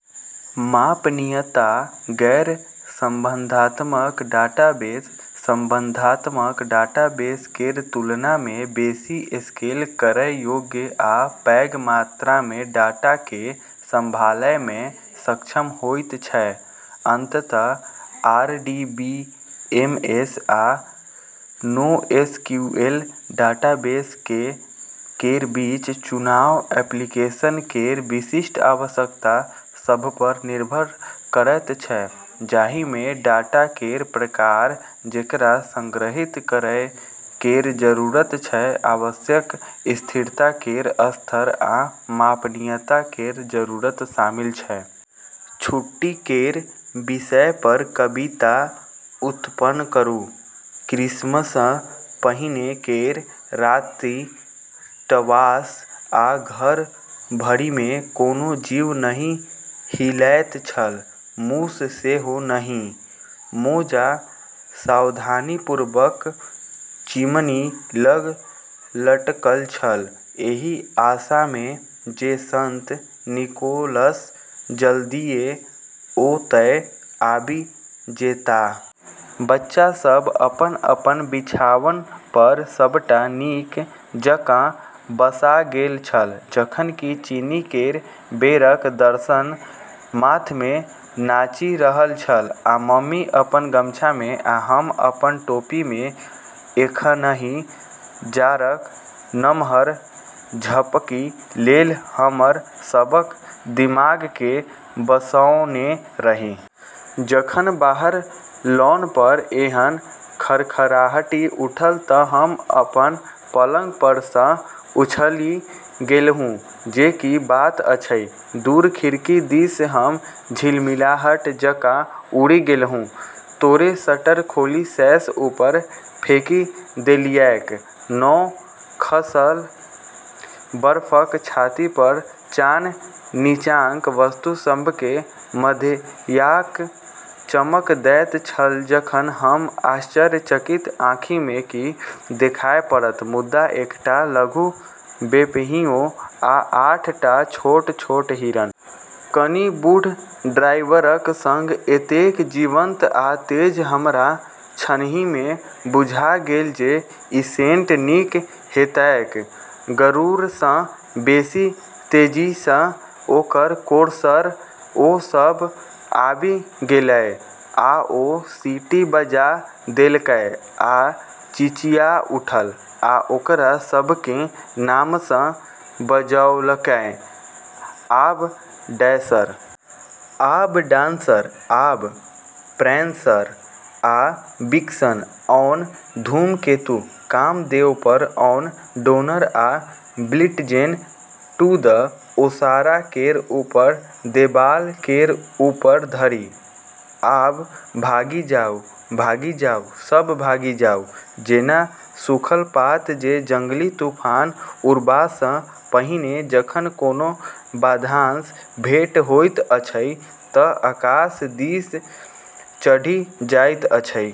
मापनीयता: गैर-संबंधात्मक डाटाबेस संबंधात्मक डाटाबेस केर तुलनामे बेसी स्केल करै योग्य आ पैघ मात्रामे डाटाकेँ सँभालैमे सक्षम होइत छै। अंततः, आरडीबीएमएस आ नोएसक्यूएल डाटाबेस केर बीच चुनाव एप्लीकेशन केर विशिष्ट आवश्यकता सभपर निर्भर करैत छै, जाहिमे डाटा केर प्रकार जेकरा संग्रहीत करै केर जरूरत छै, आवश्यक स्थिरता केर स्तर, आ मापनीयता केर जरूरत शामिल छै। छुट्टी केर विषयपर कविता उत्पन्न करू। 'क्रिसमससँ पहिने केर राति ट्वास, आ घर भरिमे, कोनो जीव नहि हिलैत छल, मूस सेहो नहि। ' मोजा सावधानीपूर्वक चिमनी लग लटकल छल, एहि आशामे जे संत निकोलस जल्दिये ओतए आबि जेताह। बच्चा सभ अपन-अपन बिछाओनपर सभटा नीक जकाँ बसा गेल छल, जखन कि चीनी केर बेरक दर्शन माथमे नाचि रहल छल। आ मम्मी अपन गमछामे, आ हम अपन टोपीमे, एखनहि जाड़क नमहर झपकी लेल हमर सभक दिमागकेँ बसौने रही। जखन बाहर लॉनपर एहन खड़खड़ाहटि उठल तऽ हम अपन पलंगपरसँ उछलि गेलहुँ जे की बात अछि। दूर खिड़की दिस हम झिलमिलाहट जकाँ उड़ि गेलहुँ, तोरे शटर खोलि सैश ऊपर फेकि देलियैक। नव-खसल बर्फक छातीपर चान नीचाँक वस्तु सभकेँ मध्याह्नक चमक दैत छल जखन, हमर आश्चर्यचकित आँखिमे की देखाय पड़त, मुदा एकटा लघु बेपहियों आ आठ टा छोट-छोट हिरन। कनि बूढ़ ड्राइवरक संग, एतेक जीवंत आ तेज, हमरा क्षणहिमे बुझा गेल जे ई सेंट निक हेतैक। गरुड़सँ बेसी तेजीसँ ओकर कोर्सर ओ सभ आबि गेलै, आ ओ सीटी बजा देलकै, आ चिचिया उठल, आ ओकरा सभकेँ नामसँ बजौलकै: "आब डैशर! आब डांसर! आब, प्रैन्सर आ विक्सन! ऑन, धूमकेतु! कामदेवपर! ऑन, डोनर आ ब्लिट्जेन! To the. " ओसारा केर ऊपर! देबाल केर ऊपर धरि! आब भागि जाउ! भागि जाउ! सब भागि जाउ! " जेना सूखल पात जे जंगली तूफान उड़बासँ पहिने, जखन कोनो बाधासँ भेट होइत अछि तँ आकाश दिस चढ़ि जाइत अछि।